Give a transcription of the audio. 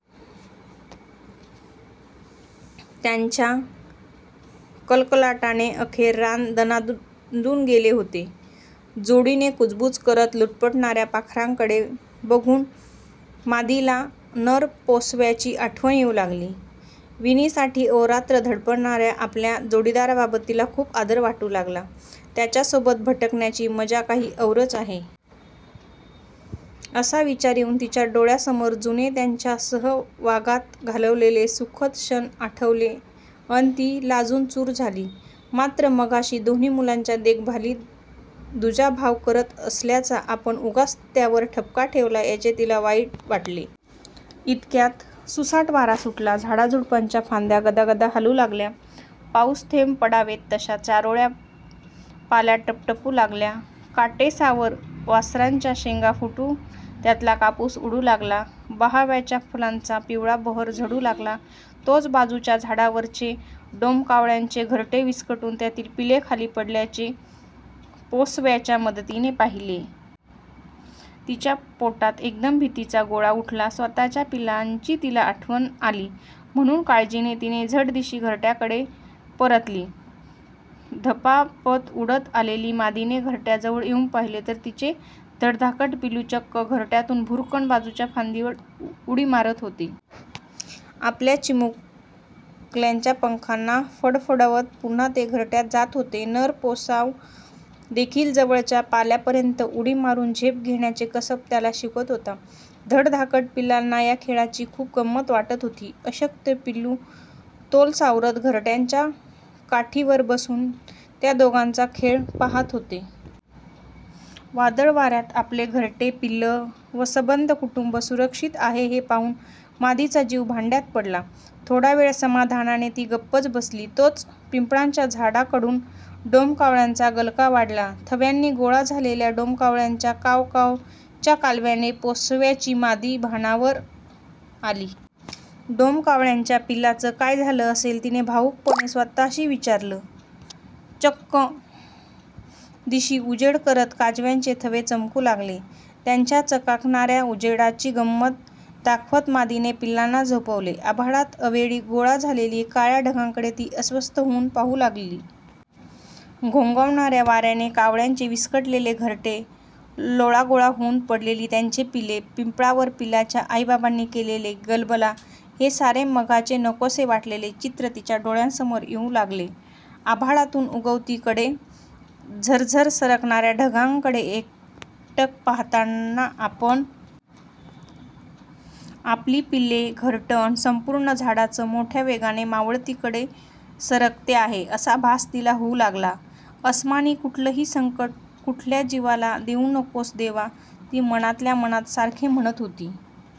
त्यांच्या कलकलाटाने अखेर रान दणाणून गेले होते. जोडीने कुजबुज करत लुटपूटणाऱ्या पाखरांकडे बघून मादीला नर पोसव्याची आठवण येऊ लागली. विणीसाठी अहोरात्र धडपडणाऱ्या आपल्या जोडीदाराबाबत तिला खूप आदर वाटू लागला- 'त्याच्यासोबत भटकण्याची मजा काही औरच आहे.' असा विचार येऊन तिच्या डोळ्यांसमोर जुने त्याच्या सहवागात घालवलेले सुखद क्षण आठवले अन् ती लाजून चूर झाली. मात्र मघाशी दोन्ही मुलांच्या देखभालीत दुजाभाव करत असल्याचा आपण उगाच त्याच्यावर ठपका ठेवला याचे तिला वाईट वाटले. इतक्यात सुसाट वारा सुटला. झाडाझुडपांच्या फांद्या गदागदा हलू लागल्या. पाऊसथेंब पडावेत तशा चारोळ्या पाल्यात टपटपू लागल्या. काटेसावर, वारसच्या शेंगा फुटून त्यातला कापूस उडू लागला. बहावाच्या फुलांचा पिवळा बहर झडू लागला. तोच बाजूच्या झाडावरचे डोमकावळ्याचे घरटे विस्कटून त्यातली पिल्ले खाली पडल्याचे पोसव्याच्या मादीने पाहिले. तिच्या पोटात एकदम भीतीचा गोळा उठला. स्वतःच्या पिलांची तिला आठवण आली, म्हणून काळजीने ती झट्दिशी घरट्याकडे परतली. धपापत उडत आलेल्या मादीने घरट्याजवळ येऊन पाहिले तर तिचे धडधाकट पिलू चक्क घरट्यातून भुर्रकन बाजूच्या फांदीवर उडी मारत होते. आपल्या चिमुकल्या पंखांना फडफडावत पुन्हा ते घरट्यात जात होते. नर पोसवा देखील जवळच्या पल्यापर्यंत उडी मारून झेप घेण्याचे कसब त्याला शिकवत होता. धडधाकट पिलाला या खेळाची खूप गंमत वाटत होती. अशक्त पिलू तोल सावरत घरट्याच्या काठाळीवर बसून त्या दोघांचा खेळ पाहत होते. वादळवाऱ्यात आपले घरटे, पिल्लं व सबंध कुटुंब सुरक्षित आहे हे पाहून मादीचा जीव भांड्यात पडला. थोडावेळ समाधानाने ती गप्पच बसली. तोच पिंपळाच्या झाडाकडून डोमकावळ्यांचा गलका वाढला. थव्यांनी गोळा झालेल्या डोमकावळ्यांच्या काव... काव... च्या कालव्याने पोसव्याची मादी भानावर आली. 'डोमकावळ्यांच्या पिल्लांचं काय झालं असेल?' तिने भावुकपणे स्वतःशीच विचारले. चक्कदिशी उजेड करत काजव्यांचे थवे चमकू लागले. त्यांच्या चकचकणाऱ्या उजेडाची गंमत दाखवत मादीने पिलांना झोपवले. आभाळात अवेळी गोळा झालेल्या काळ्या ढगांकडे ती अस्वस्थ होऊन पाहू लागली. घोंघावणाऱ्या वाऱ्याने कावळ्यांचे विस्कटलेले घरटे.. लोळागोळा होऊन पडलेली त्यांची पिले.. पिंपळावर पिलांच्या आईबाबांनी केलेला गलबला.. हे सारे मघाचे नकोसे वाटलेले चित्र तिच्या डोळ्यांसमोर येऊ लागले. आभाळातून उगवतीकडे झरझर सरकणाऱ्या ढगांकडे एकटाक पाहताना आपण.. आपली पिले... घरटं अन् संपूर्ण झाडच मोठ्या वेगाने मावळतीकडे सरकते आहे असा भास तिला होऊ लागला. 'अस्मानी कुठलंही संकट कुठल्या जीवाला देऊ नकोस देवा!' ती मनातल्या मनात सारखे म्हणत होती.